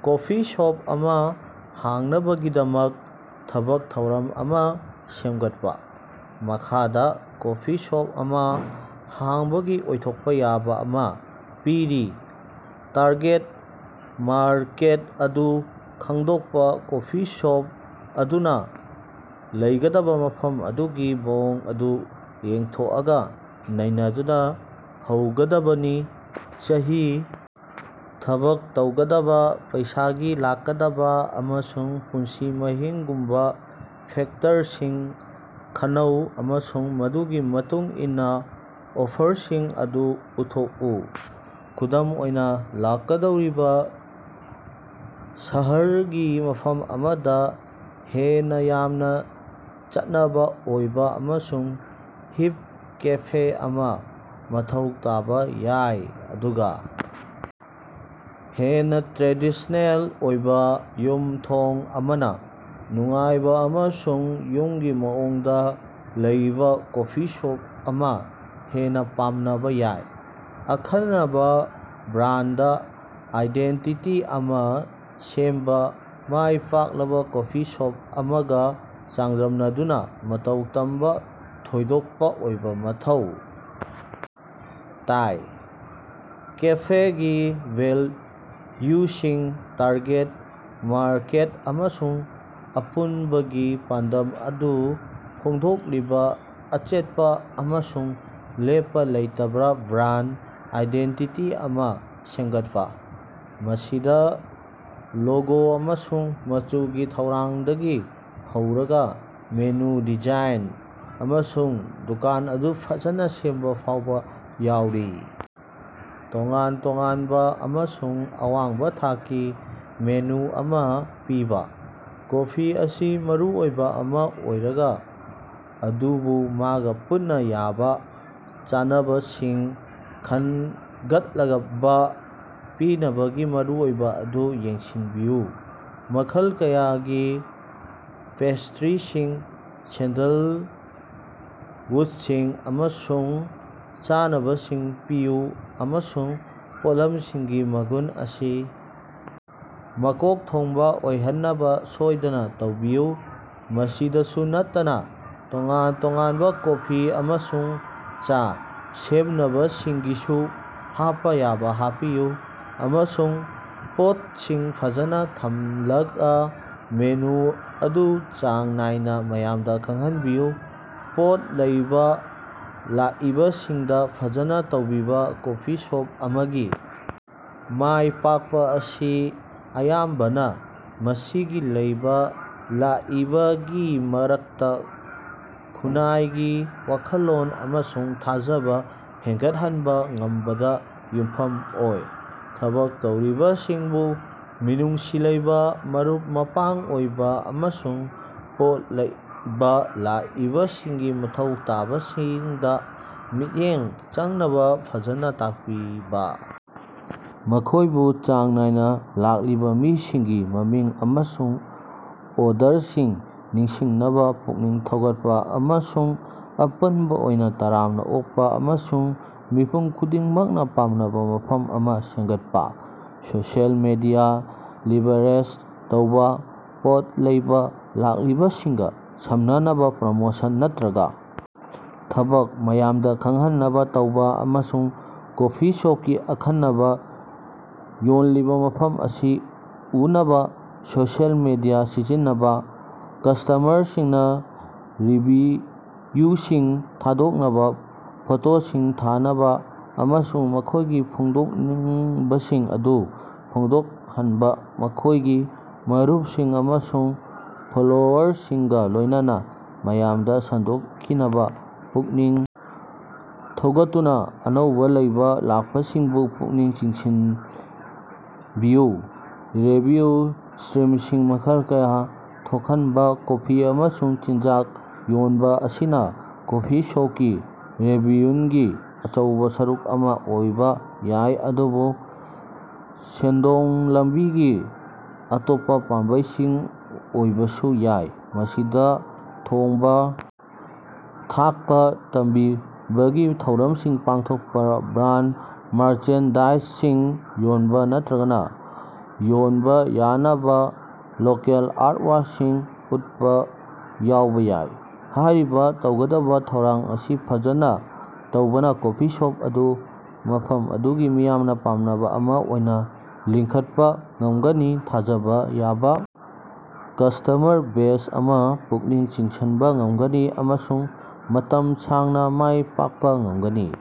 Coffee shop ꯑꯃ ꯍꯥꯡꯅꯕꯒꯤꯗꯃꯛ ꯊꯕꯛ ꯊꯧꯔꯝ ꯑꯃ ꯁꯦꯝꯒꯠꯄ꯫ ꯃꯈꯥꯗ ꯀꯣꯐꯤ ꯁꯣꯞ ꯑꯃ ꯍꯥꯡꯕꯒꯤ ꯑꯣꯏꯊꯣꯛꯄ ꯌꯥꯕ ꯑꯃ ꯄꯤꯔꯤ ꯇꯥꯔꯒꯦꯠ ꯃꯥꯔꯀꯦꯠ ꯑꯗꯨ ꯈꯪꯗꯣꯛꯄ ꯀꯣꯐꯤ ꯁꯣꯞ ꯑꯗꯨꯅ ꯂꯩꯒꯗꯕ ꯃꯐꯝ ꯑꯗꯨꯒꯤ ꯃꯑꯣꯡ ꯑꯗꯨ ꯌꯦꯛꯊꯣꯛꯑꯒ ꯅꯩꯅꯗꯨꯅ ꯍꯧꯒꯗꯕꯅꯤ꯫ ꯆꯍꯤ, ꯊꯕꯛ ꯇꯧꯒꯗꯕ, ꯄꯩꯁꯥꯒꯤ ꯂꯥꯛꯀꯗꯕ ꯑꯃꯁꯨꯡ ꯄꯨꯟꯁꯤ ꯃꯍꯤꯡꯒꯨꯝꯕꯥ ꯐꯦꯛꯇꯔꯁꯤꯡ ꯈꯟꯅꯧ ꯑꯃꯁꯨꯡ ꯃꯗꯨꯒꯤ ꯃꯇꯨꯡꯏꯟꯅ ꯑꯣꯐꯔꯁꯤꯡ ꯑꯗꯨ ꯎꯠꯊꯣꯛꯎ꯫ ꯈꯨꯗꯝ ꯑꯣꯏꯅ ꯂꯥꯛꯀꯗꯧꯔꯤꯕꯥ ꯁꯍꯔꯒꯤ ꯃꯐꯝ ꯑꯃꯗ ꯍꯦꯟꯅ ꯌꯥꯝꯅ ꯆꯠꯅꯕ ꯑꯣꯏꯕ ꯑꯃꯁꯨꯡ ꯍꯤꯞ ꯀꯦꯐꯦ ꯑꯃ ꯃꯊꯧ ꯇꯥꯕ ꯌꯥꯏ ꯑꯗꯨꯒ ꯍꯦꯟꯅ ꯇ꯭ꯔꯦꯗꯤꯁꯅꯦꯜ ꯑꯣꯏꯕ ꯌꯨꯝ ꯊꯣꯡ ꯑꯃꯅ ꯅꯨꯡꯉꯥꯏꯕ ꯑꯃꯁꯨꯡ ꯌꯨꯝꯒꯤ ꯃꯑꯣꯡꯗ ꯂꯩꯕꯥ ꯀꯣꯐꯤ ꯁꯣꯞ ꯑꯃ ꯍꯦꯟꯅ ꯄꯥꯝꯅꯕ ꯌꯥꯏ꯫ ꯑꯈꯟꯅꯕ ꯕ꯭ꯔꯥꯟꯗ ꯑꯥꯏꯗꯦꯟꯇꯤꯇꯤ ꯑꯃꯥ ꯁꯦꯝꯕ ꯃꯥꯢ ꯄꯥꯛꯂꯕ ꯀꯣꯐꯤ ꯁꯣꯞ ꯑꯃꯒ ꯆꯥꯡꯗꯝꯅꯗꯨꯅ ꯃꯇꯧ ꯇꯝꯕ ꯊꯣꯏꯗꯣꯛꯄ ꯑꯣꯏꯕꯥ ꯃꯊꯧ ꯇꯥꯏ꯫ ꯀꯦꯐꯦꯒꯤ ꯚꯦꯜꯌꯨꯁꯤꯡ ꯇꯥꯔꯒꯦꯠ ꯃꯥꯔꯀꯦꯠ ꯑꯃꯁꯨꯡ ꯑꯄꯨꯟꯕꯒꯤ ꯄꯥꯟꯗꯝ ꯑꯗꯨ ꯐꯣꯡꯗꯣꯛꯂꯤꯕ ꯑꯆꯦꯠꯄ ꯑꯃꯁꯨꯡ ꯂꯦꯞꯄ ꯂꯩꯇꯕ ꯕ꯭ꯔꯥꯟꯗ ꯑꯥꯏꯗꯦꯟꯇꯤꯇꯤ ꯑꯃ ꯁꯦꯝꯒꯠꯄ꯫ ꯃꯁꯤꯗꯥ ꯂꯣꯒꯣ ꯑꯃꯁꯨꯡ ꯃꯆꯨꯒꯤ ꯊꯧꯔꯥꯡꯗꯒꯤ ꯍꯧꯔꯒꯥ ꯃꯦꯅꯨ ꯗꯤꯖꯥꯏꯟ ꯑꯃꯁꯨꯡ ꯗꯨꯀꯥꯟ ꯑꯗꯨ ꯐꯖꯅꯕ ꯁꯦꯝꯕ ꯐꯥꯎꯕ ꯌꯥꯎꯔꯤ꯫ ꯇꯣꯉꯥꯟ ꯇꯣꯉꯥꯟꯕ ꯑꯃꯁꯨꯡ ꯑꯋꯥꯡꯕ ꯊꯥꯛꯀꯤ ꯃꯦꯅꯨ ꯑꯃ ꯄꯤꯕꯥ꯫ ꯀꯣꯐꯤ ꯑꯁꯤ ꯃꯔꯨꯑꯣꯏꯕ ꯑꯃ ꯑꯣꯏꯔꯒ ꯑꯗꯨꯕꯨ ꯃꯥꯒ ꯄꯨꯟꯕ ꯌꯥꯕ ꯆꯥꯅꯕꯁꯤꯡ ꯈꯅꯒꯠꯂꯕ ꯄꯤꯅꯕꯒꯤ ꯃꯔꯨꯑꯣꯏꯕꯥ ꯑꯗꯨ ꯌꯦꯡꯁꯤꯟꯕꯤꯎ꯫ ꯃꯈꯜ ꯀꯌꯥꯒꯤ ꯄꯦꯁꯇ꯭ꯔꯤꯁꯤꯡ, ꯁꯦꯟꯗꯜꯋꯨꯗꯁꯤꯡ ꯑꯃꯁꯨꯡ ꯆꯥꯅꯕꯁꯤꯡ ꯄꯤꯌꯨ ꯑꯃꯁꯨꯡ ꯄꯣꯠꯂꯝꯁꯤꯡꯒꯤ ꯃꯒꯨꯟ ꯑꯁꯤ ꯃꯀꯣꯛ ꯊꯣꯡꯕꯥ ꯑꯣꯏꯍꯟꯅꯕ ꯁꯣꯏꯗꯅꯥ ꯇꯧꯕꯤꯌꯨ꯫ ꯃꯁꯤꯗꯁꯨ ꯅꯠꯇꯅꯥ ꯇꯣꯉꯥꯟ-ꯇꯣꯉꯥꯟꯕꯥ ꯀꯣꯐꯤ ꯑꯃꯁꯨꯡ ꯆꯥ ꯁꯦꯝꯅꯕꯁꯤꯡꯒꯤꯁꯨ ꯍꯥꯞꯄ ꯌꯥꯕ ꯍꯥꯞꯄꯤꯎ ꯑꯃꯁꯨꯡ ꯄꯣꯠꯁꯤꯡ ꯐꯖꯅ ꯊꯝꯅꯂꯒ ꯃꯦꯅꯨ ꯑꯗꯨ ꯆꯥꯡ ꯅꯥꯏꯅ ꯃꯌꯥꯝꯗ ꯈꯪꯍꯟꯕꯤꯌꯨ꯫ ꯄꯣꯠ ꯂꯩꯕ ꯂꯥꯛꯏꯕꯁꯤꯡꯗ ꯐꯖꯅ ꯇꯧꯕꯤꯕ ꯀꯣꯐꯤ ꯁꯣꯞ ꯑꯃꯒꯤ ꯃꯥꯢ ꯄꯥꯛꯄ ꯑꯁꯤ ꯑꯌꯥꯝꯕꯅ ꯃꯁꯤꯒꯤ ꯂꯩꯕ ꯂꯥꯛꯏꯕꯁꯤꯡꯒꯤ ꯃꯔꯛꯇ ꯈꯨꯟꯅꯥꯏꯒꯤ ꯋꯥꯈꯜꯂꯣꯟ ꯑꯃꯁꯨꯡ ꯊꯥꯖꯕꯥ ꯍꯦꯟꯒꯠꯍꯟꯕ ꯉꯝꯕꯗ ꯌꯨꯝꯐꯝ ꯑꯣꯏ꯫ ꯊꯕꯛ ꯇꯧꯔꯤꯕꯁꯤꯡꯕꯨ ꯃꯤꯅꯨꯡꯁꯤ ꯂꯩꯕꯥ ꯃꯔꯨꯞ-ꯃꯄꯥꯡ ꯑꯣꯏꯕ ꯑꯃꯁꯨꯡ ꯄꯣꯠ ꯂꯩꯕ ꯂꯥꯛꯏꯕꯁꯤꯡꯒꯤ ꯃꯊꯧ ꯇꯥꯕꯁꯤꯡꯗ ꯃꯤꯠꯌꯦꯡ ꯆꯪꯅꯕ ꯐꯖꯅ ꯇꯥꯛꯄꯤꯕ ꯫ ꯃꯈꯣꯢꯕꯨ ꯆꯥꯡ ꯅꯥꯢꯅ ꯂꯥꯛꯂꯤꯕ ꯃꯤꯁꯤꯡꯒꯤ ꯃꯃꯤꯡ ꯑꯃꯁꯨꯡ ꯑꯣꯔꯗꯔꯁꯤꯡ ꯅꯤꯡꯁꯤꯡꯅꯕ ꯄꯨꯛꯅꯤꯡ ꯊꯧꯒꯠꯄ ꯑꯃꯁꯨꯡ ꯑꯄꯨꯟꯕ ꯑꯣꯏꯅ ꯇꯔꯥꯝꯅ ꯑꯣꯛꯄ ꯑꯃꯁꯨꯡ ꯃꯤꯄꯨꯝ ꯈꯨꯗꯤꯡꯃꯛꯅ ꯄꯥꯝꯅꯕ ꯃꯐꯝ ꯑꯃ ꯁꯦꯝꯒꯠꯄꯥ꯫ ꯁꯣꯁꯤꯑꯦꯜ ꯃꯤꯗꯤꯌꯥ ꯂꯤꯚꯔꯔꯦꯖ ꯇꯧꯕꯥ ꯄꯣꯠ ꯂꯩꯕ ꯂꯥꯛꯂꯤꯕꯁꯤꯡꯒ ꯁꯝꯅꯅꯕ ꯄ꯭ꯔꯃꯣꯁꯟ ꯅꯠꯇ꯭ꯔꯒ ꯊꯕꯛ ꯃꯌꯥꯝꯗ ꯈꯪꯍꯟꯅꯕ ꯇꯧꯕ ꯑꯃꯁꯨꯡ ꯀꯣꯐꯤ ꯁꯣꯞꯀꯤ ꯑꯈꯟꯅꯕ ꯌꯣꯟꯂꯤꯕ ꯃꯐꯝ ꯑꯁꯤ ꯎꯠꯅꯕ ꯁꯣꯁꯤꯑꯦꯜ ꯃꯤꯗꯤꯌꯥ ꯁꯤꯖꯤꯟꯅꯕꯥ꯫ ꯀꯁꯇꯃꯔꯁꯤꯡꯅꯥ ꯔꯤꯚꯤꯌꯨꯁꯤꯡ ꯊꯥꯗꯣꯛꯅꯕ ꯐꯣꯇꯣꯁꯤꯡ ꯊꯥꯅꯕ ꯑꯃꯁꯨꯡ ꯃꯈꯣꯢꯒꯤ ꯐꯣꯡꯗꯣꯛꯅꯤꯡꯕꯁꯤꯡ ꯑꯗꯨ ꯐꯣꯡꯗꯣꯛꯍꯟꯕ ꯃꯈꯣꯢꯒꯤ ꯃꯔꯨꯞꯁꯤꯡ ꯑꯃꯁꯨꯡ ꯐꯣꯂꯣꯋꯔꯁꯤꯡꯒ ꯂꯣꯢꯅꯅ ꯃꯌꯥꯝꯗ ꯁꯟꯗꯣꯛꯈꯤꯅꯕ ꯄꯨꯛꯅꯤꯡ ꯊꯧꯒꯠꯇꯨꯅ ꯑꯅꯧꯕ ꯂꯩꯕ ꯂꯥꯛꯄꯁꯤꯡꯕꯨ ꯄꯨꯛꯅꯤꯡ ꯆꯤꯡꯁꯤꯟꯕꯤꯌꯨ꯫ ꯔꯦꯚꯤꯟꯌꯨ ꯁꯇ꯭ꯔꯤꯝꯁꯤꯡ ꯃꯈꯜ ꯀꯌꯥ ꯊꯣꯛꯍꯟꯕ ꯀꯣꯐꯤ ꯑꯃꯁꯨꯡ ꯆꯤꯟꯖꯥꯛ ꯌꯣꯟꯕ ꯑꯁꯤꯅ ꯀꯣꯐꯤ ꯁꯣꯞꯀꯤ ꯔꯦꯚꯤꯟꯌꯨꯒꯤ ꯑꯆꯧꯕꯥ ꯁꯔꯨꯛ ꯑꯃ ꯑꯣꯏꯕ ꯌꯥꯏ ꯑꯗꯨꯕꯨ ꯁꯦꯟꯊꯣꯛ ꯂꯝꯕꯤꯒꯤ ꯑꯇꯣꯞꯄ ꯄꯥꯝꯕꯩꯁꯤꯡ ꯑꯣꯢꯕꯁꯨ ꯌꯥꯢ꯫ ꯃꯁꯤꯗꯥ ꯊꯣꯡꯕ ꯊꯥꯛꯄ ꯇꯝꯕꯤꯕꯒꯤꯊꯧꯔꯝꯁꯤꯡ ꯄꯥꯡꯊꯣꯛꯄ ꯕ꯭ꯔꯥꯟꯗ ꯃꯥꯔꯆꯦꯟꯗꯥꯏꯖꯁꯤꯡ ꯌꯣꯟꯕ ꯅꯠꯇ꯭ꯔꯒ ꯌꯣꯟꯕ ꯌꯥꯅꯕ ꯂꯣꯀꯦꯜ ꯑꯥꯔꯇꯋꯥꯔ꯭ꯀꯁꯤꯡ ꯎꯠꯄ ꯌꯥꯎꯕ ꯌꯥꯏ꯫ ꯍꯥꯏꯔꯤꯕ ꯇꯧꯒꯗꯕ ꯊꯧꯔꯥꯡ ꯑꯁꯤ ꯐꯖꯅ ꯇꯧꯕꯅ ꯀꯣꯐꯤ ꯁꯣꯞ ꯑꯗꯨꯕꯨ ꯃꯐꯝ ꯑꯗꯨꯒꯤ ꯃꯤꯌꯥꯝꯅ ꯄꯥꯝꯅꯕ ꯑꯃ ꯑꯣꯏꯅ ꯂꯤꯡꯈꯠꯄ ꯉꯃꯒꯅꯤ ꯊꯥꯖꯕ ꯌꯥꯕ ꯀꯁꯇꯃꯔ ꯕꯦꯖ ꯑꯃ ꯄꯨꯛꯅꯤꯡ ꯆꯤꯡꯁꯤꯟꯕ ꯉꯝꯒꯅꯤ ꯑꯃꯁꯨꯡ ꯃꯇꯝ ꯁꯥꯡꯅ ꯃꯥꯢ ꯄꯥꯛꯄ ꯉꯝꯒꯅꯤ꯫